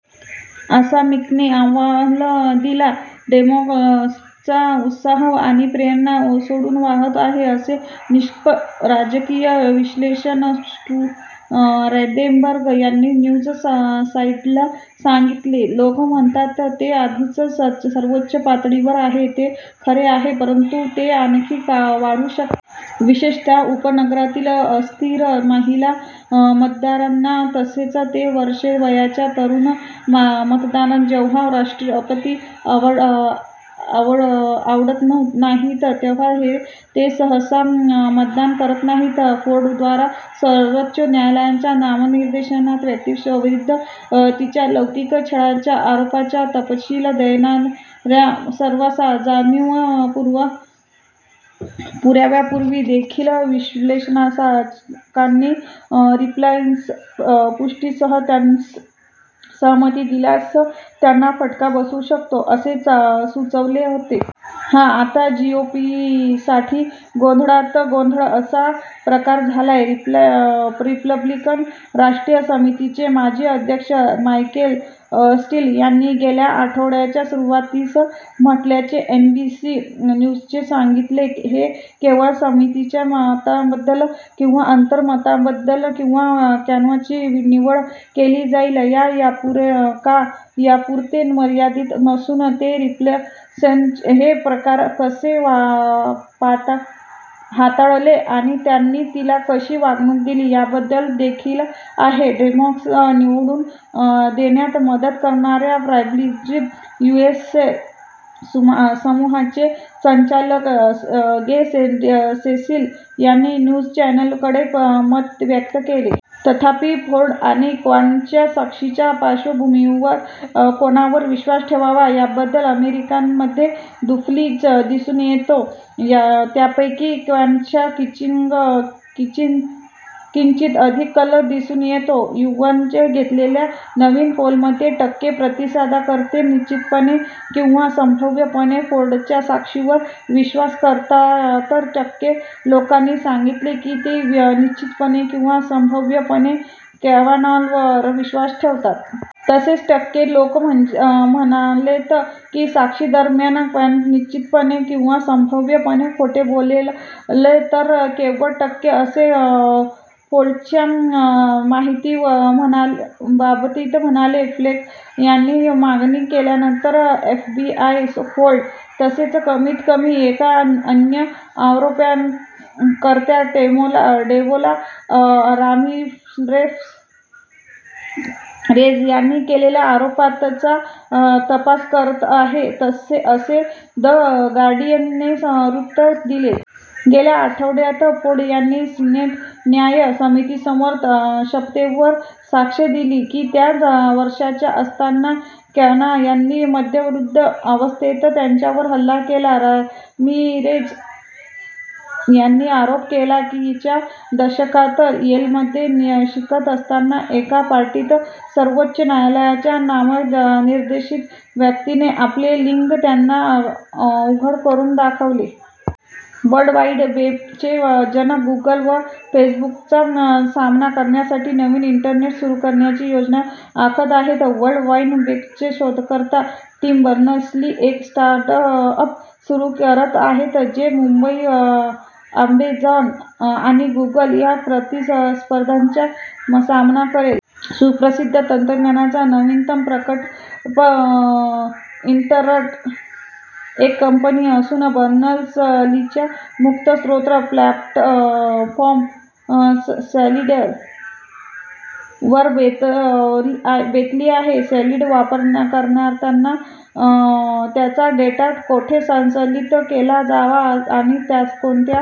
असा मिकने अहवाल दिला. "डेमॉक्रॅटचा उत्साह आणि प्रेरणा ओसंडून वाहत आहे," असे निष्पक्ष राजकीय विश्लेषक, स्टु रॉदेनबर्ग यांनी न्यूज साइटला सांगितले. "लोक म्हणतात ते आधीच सर्वोच्च पातळीवर आहे; ते खरे आहे. परंतु ते आणखी वाढू शकते. विशेषतः उपनगरातील अस्थिर महिला मतदारांना, तसेच ते -वर्षे-वयाच्या तरुण मतदारांना जेव्हा राष्ट्रपती आवडत नाहीत, तेव्हा ते सहसा मतदान करत नाहीत. " फोर्डद्वारा सर्वोच्च न्यायालयाच्या नामनिर्देशित व्यक्तीविरुद्ध तिच्या लैंगिक छळाच्या आरोपांचा तपशील देणाऱ्या सार्वजनिक पुराव्यापूर्वी देखील, विश्लेषकांनी रिपब्लिकन्सनी पुष्टीसह त्यास सहमती दिल्यास त्यांना फटका बसू शकतो असे सुचवले होते. "हा आता जीओपीसाठी गोंधळात गोंधळ असा प्रकार झालाय," रिपब्लिकन राष्ट्रीय समितीचे माजी अध्यक्ष, मायकेल स्टील यांनी गेल्या आठवड्याच्या सुरुवातीस म्हटल्याचे एनबीसी न्यूजने सांगितले. "हे केवळ समितीच्या मताबद्दल किंवा अंतिम मताबद्दल किंवा कॅवानॉची निवड केली जाईल का यापुरते मर्यादित नसून, ते रिपब्लिकन्सनी हे प्रकरण कसे हाताळले आणि त्यांनी तिला कशी वागणूक दिली याबद्दल देखील आहे," डेमॉक्रॅट्सना निवडून देण्यात मदत करणाऱ्या प्रायॉरिटिज युएसए समूहाचे संचालक, गे सेसिल यांनी न्यूज चॅनेलकडे मत व्यक्त केले. तथापि, फोर्ड आणि कॅवानॉच्या साक्षींच्या पार्श्वभूमीवर, कोणावर विश्वास ठेवावा याबद्दल अमेरिकनांमध्ये दुफळी दिसून येतो, त्यापैकी कॅवानॉच्या किंचित अधिक कल दिसून येतो. युगव्हनी घेतलेल्या नवीन पोलमध्ये टक्के प्रतिसादकर्ते निश्चितपणे किंवा संभाव्यपणे फोर्डच्या साक्षीवर विश्वास करतात तर, टक्के लोकांनी सांगितले की ते निश्चितपणे किंवा संभाव्यपणे कॅवानॉवर विश्वास करतात. तसेच, टक्के लोक म्हणालेत की साक्षीदरम्यान कॅवानॉ निश्चितपणे किंवा संभाव्यपणे खोटे बोलले तर, केवळ टक्के असे फोर्डच्या बाबतीत म्हणाले. फ्लेक यांनी मागणी केल्यानंतर, एफबीआय फोर्ड तसेच कमीत कमी एका अन्य आरोपकर्त्या डेबोरा रामिरेझ यांनी केलेल्या आरोपांचा तपास करत आहे, असे द गार्डियनने वृत्त दिले. गेल्या आठवड्यात फोर्ड यांनी सिनेट न्याय समितीसमोर शपथेवर साक्ष दिली की त्या वर्षांच्या असताना कॅवानॉ यांनी मद्यधुंद अवस्थेत त्यांच्यावर हल्ला केला. रामिरेझ यांनी आरोप केला की च्या दशकात येलमध्ये शिकत असताना एका पार्टीत सर्वोच्च न्यायालयाच्या नामनिर्देशित व्यक्तीने आपले लिंग त्यांना उघड करून दाखवले. वर्ल्ड वाइड वेबचे जनक गुगल व फेसबुकचा सामना करण्यासाठी नवीन इंटरनेट सुरु करण्याची योजना आखत आहेत वर्ल्ड वाइड वेबचे शोधकर्ता टिम बर्नर्स-ली एक स्टार्टअप सुरु करत आहे जे फेसबुक, अॅमेझॉन आणि गुगल या प्रतिस्पर्ध्यांचा सामना करेल. सुप्रसिद्ध तंत्रज्ञाचा नवीनतम प्रकल्प, 'इनरप्ट', एक कंपनी असून बर्नर्स-लीच्या मुक्त स्रोत प्लॅटफॉर्म 'सॉलिड' वर बेतली आहे. सॉलिड वापरकर्त्यांना त्यांचा डेटा कोठे संचयित केला जावा आणि कोणत्या